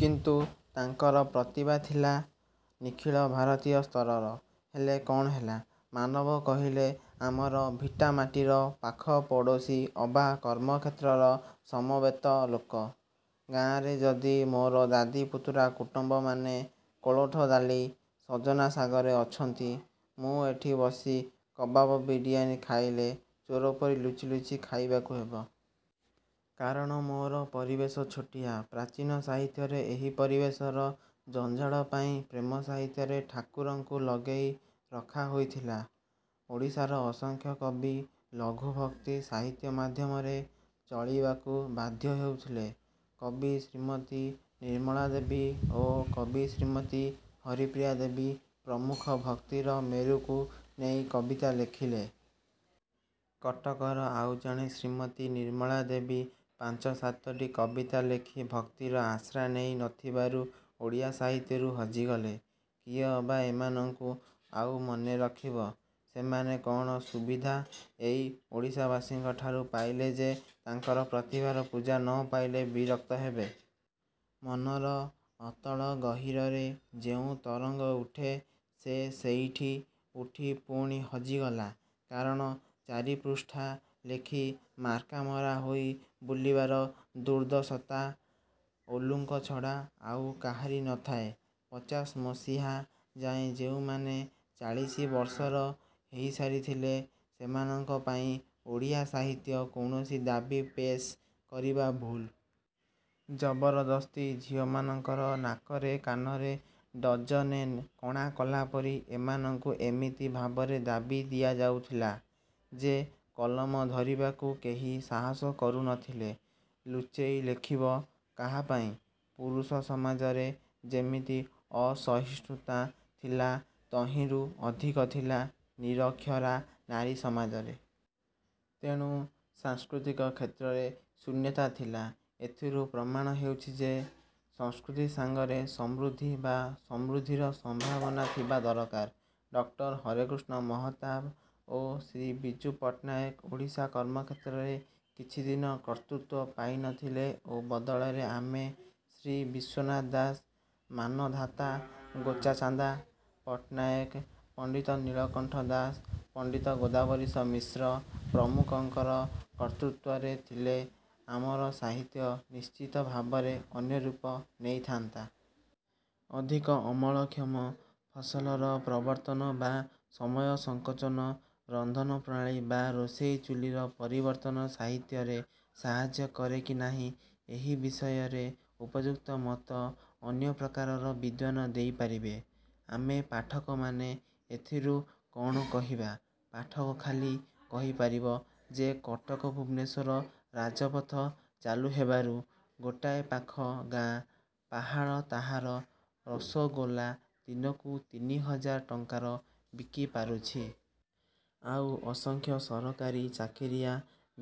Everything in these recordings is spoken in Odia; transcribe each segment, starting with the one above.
କିନ୍ତୁ ତାଙ୍କର ପ୍ରତିଭା ଥିଲା ନିଖିଳ ଭାରତୀୟ ସ୍ତରର। ହେଲେ କ'ଣ ହେଲା? ମାନବ କହିଲେ ଆମର ଭିଟାମାଟିର ପାଖପଡ଼ୋଶୀ ଅବା କର୍ମକ୍ଷେତ୍ରର ସମବେତ ଲୋକ। ଗାଁରେ ଯଦି ମୋର ଦାଦି ପୁତୁରା କୁଟୁମ୍ୱ ମାନେ କୋଳଥ ଡାଲି ସଜନା ଶାଗରେ ଅଛନ୍ତି ମୁଁ ଏଠି ବସି କବାବ ବିରିଆନି ଖାଇଲେ ଚୋରପରି ଲୁଚି ଲୁଚି ଖାଇବାକୁ ହେବ। କାରଣ ମୋର ପରିବେଶ ଛୋଟିଆ। ପ୍ରାଚୀନ ସାହିତ୍ୟରେ ଏହି ପରିବେଶର ଜଞ୍ଜାଳ ପାଇଁ ପ୍ରେମ ସାହିତ୍ୟରେ ଠାକୁରଙ୍କୁ ଲଗେଇ ରଖା ହୋଇଥିଲା। ଓଡ଼ିଶାର ଅସଂଖ୍ୟ କବି ଲଘୁ ଭକ୍ତି ସାହିତ୍ୟ ମାଧ୍ୟମରେ ଚଳିବାକୁ ବାଧ୍ୟ ହେଉଥିଲେ। କବି ଶ୍ରୀମତୀ ନିର୍ମଳା ଦେବୀ ଓ କବି ଶ୍ରୀମତୀ ହରିପ୍ରିୟା ଦେବୀ ପ୍ରମୁଖ ଭକ୍ତିର ମେରୁକୁ ନେଇ କବିତା ଲେଖିଲେ। କଟକର ଆଉ ଜଣେ ଶ୍ରୀମତୀ ନିର୍ମଳା ଦେବୀ ପାଞ୍ଚ ସାତଟି କବିତା ଲେଖି ଭକ୍ତିର ଆଶ୍ରା ନେଇ ନଥିବାରୁ ଓଡ଼ିଆ ସାହିତ୍ୟରୁ ହଜିଗଲେ-। କିଏ ଅବା ଏମାନଙ୍କୁ ଆଉ ମନେ ରଖିବ? ସେମାନେ କ'ଣ ସୁବିଧା ଏଇ ଓଡ଼ିଶାବାସୀଙ୍କଠାରୁ ପାଇଲେ ଯେ ତାଙ୍କର ପ୍ରତିଭାର ପୂଜା ନ ପାଇଲେ ବିରକ୍ତ ହେବେ? ମନର ଅତଳ ଗହୀରରେ ଯେଉଁ ତରଙ୍ଗ ଉଠେ ସେ ସେଇଠି ଉଠି ପୁଣି ହଜିଗଲା। କାରଣ ଚାରିପୃଷ୍ଠା ଲେଖି ମାର୍କାମରା ହୋଇ ବୁଲିବାର ଦୁର୍ଦ୍ଧର୍ଷତା ଓଲୁଙ୍କ ଛଡ଼ା ଆଉ କାହାରି ନଥାଏ। ପଚାଶମସିହା ଯାଏ ଯେଉଁମାନେ ଚାଳିଶିବର୍ଷର ହେଇ ସାରିଥିଲେ ସେମାନଙ୍କ ପାଇଁ ଓଡ଼ିଆ ସାହିତ୍ୟ କୌଣସି ଦାବୀ ପେସ୍ କରିବା ଭୁଲ୍। ଜବରଦସ୍ତି ଝିଅମାନଙ୍କର ନାକରେ କାନରେ ଡଜନେ କଣା କଲାପରି ଏମାନଙ୍କୁ ଏମିତି ଭାବରେ ଦାବି ଦିଆ ଯାଉଥିଲା ଯେ କଲମ ଧରିବାକୁ କେହି ସାହସ କରୁ ନ ଥିଲେ। ଲୁଚେଇ ଲେଖିବ କାହାପାଇଁ? ପୁରୁଷ ସମାଜରେ ଯେମିତି ଅସହିଷ୍ଣୁତା ଥିଲା ତହିଁରୁ ଅଧିକ ଥିଲା ନିରକ୍ଷରା ନାରୀ ସମାଜରେ। ତେଣୁ ସାଂସ୍କୃତିକ କ୍ଷେତ୍ରରେ ଶୂନ୍ୟତା ଥିଲା। ଏଥିରୁ ପ୍ରମାଣ ହେଉଛି ଯେ ସଂସ୍କୃତି ସାଙ୍ଗରେ ସମୃଦ୍ଧି ବା ସମୃଦ୍ଧିର ସମ୍ଭାବନା ଥିବା ଦରକାର। ଡକ୍ଟର ହରେକୃଷ୍ଣ ମହତାବ ଓ ଶ୍ରୀ ବିଜୁ ପଟ୍ଟନାୟକ ଓଡ଼ିଶା କର୍ମକ୍ଷେତ୍ରରେ କିଛି ଦିନ କର୍ତ୍ତୃତ୍ୱ ପାଇ ନ ଥିଲେ ଓ ବଦଳରେ ଆମେ ଶ୍ରୀ ବିଶ୍ୱନାଥ ଦାସ, ମାନଧାତା ଗୋଚାଚାନ୍ଦା ପଟ୍ଟନାୟକ, ପଣ୍ତିତ ନୀଳକଣ୍ଠ ଦାସ, ପଣ୍ତିତ ଗୋଦାବରୀଶ ମିଶ୍ର ପ୍ରମୁଖଙ୍କର କର୍ତ୍ତୃତ୍ୱରେ ଥିଲେ ଆମର ସାହିତ୍ୟ ନିଶ୍ଚିତ ଭାବରେ ଅନ୍ୟରୂପ ନେଇଥାନ୍ତା। ଅଧିକ ଅମଳକ୍ଷମ ଫସଲର ପ୍ରବର୍ତ୍ତନ ବା ସମୟ ସଂକୋଚନ ରନ୍ଧନ ପ୍ରଣାଳୀ ବା ରୋଷେଇ ଚୁଲିର ପରିବର୍ତ୍ତନ ସାହିତ୍ୟରେ ସାହାର୍ଯ୍ୟ କରେ କି ନାହିଁ ଏହି ବିଷୟରେ ଉପଯୁକ୍ତ ମତ ଅନ୍ୟ ପ୍ରକାରର ବିଦ୍ୱାନ ଦେଇ ପାରିବେ। ଆମେ ପାଠକମାନେ ଏଥିରେ କ'ଣ କହିବା? ପାଠକ ଖାଲି କହିପାରିବ ଯେ କଟକ ଭୁବନେଶ୍ୱର ରାଜପଥ ଚାଲୁ ହେବାରୁ ଗୋଟାଏ ପାଖ ଗାଁ ପାହାଳ ତାହାର ରସଗୋଲା ଦିନକୁ ତିନିହଜାର ଟଙ୍କାର ବିକି ପାରୁଛି। ଆଉ ଅସଂଖ୍ୟ ସରକାରୀ ଚାକିରିଆ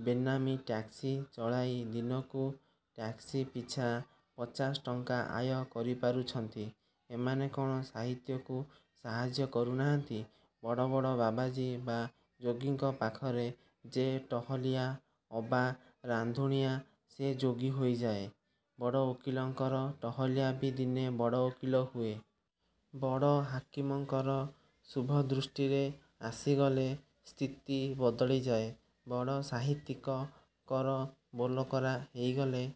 ବେନାମି ଟାକ୍ସି ଚଳାଇ ଦିନକୁ ଟାକସି ପିଛା ପଚାଶଟଙ୍କା ଆୟ କରିପାରୁଛନ୍ତି। ଏମାନେ କ'ଣ ସାହିତ୍ୟକୁ ସାହାଯ୍ୟ କରୁନାହାନ୍ତି? ବଡ଼ ବଡ଼ ବାବାଜୀ ବା ଯୋଗୀଙ୍କ ପାଖରେ ଯେ ଟହଲିଆ ଅବା ରାନ୍ଧୁଣିଆ ସେ ଯୋଗୀ ହୋଇଯାଏ। ବଡ଼ ଓକିଲଙ୍କର ଟହଲିଆ ବି ଦିନେ ବଡ଼ ଓକିଲ ହୁଏ। ବଡ଼ ହାକିମଙ୍କର ଶୁଭଦୃଷ୍ଟିରେ ଆସିଗଲେ ସ୍ଥିତି ବଦଳିଯାଏ। ବଡ଼ ସାହିତ୍ୟିକଙ୍କର ବୋଲକରା ହେଇଗଲେ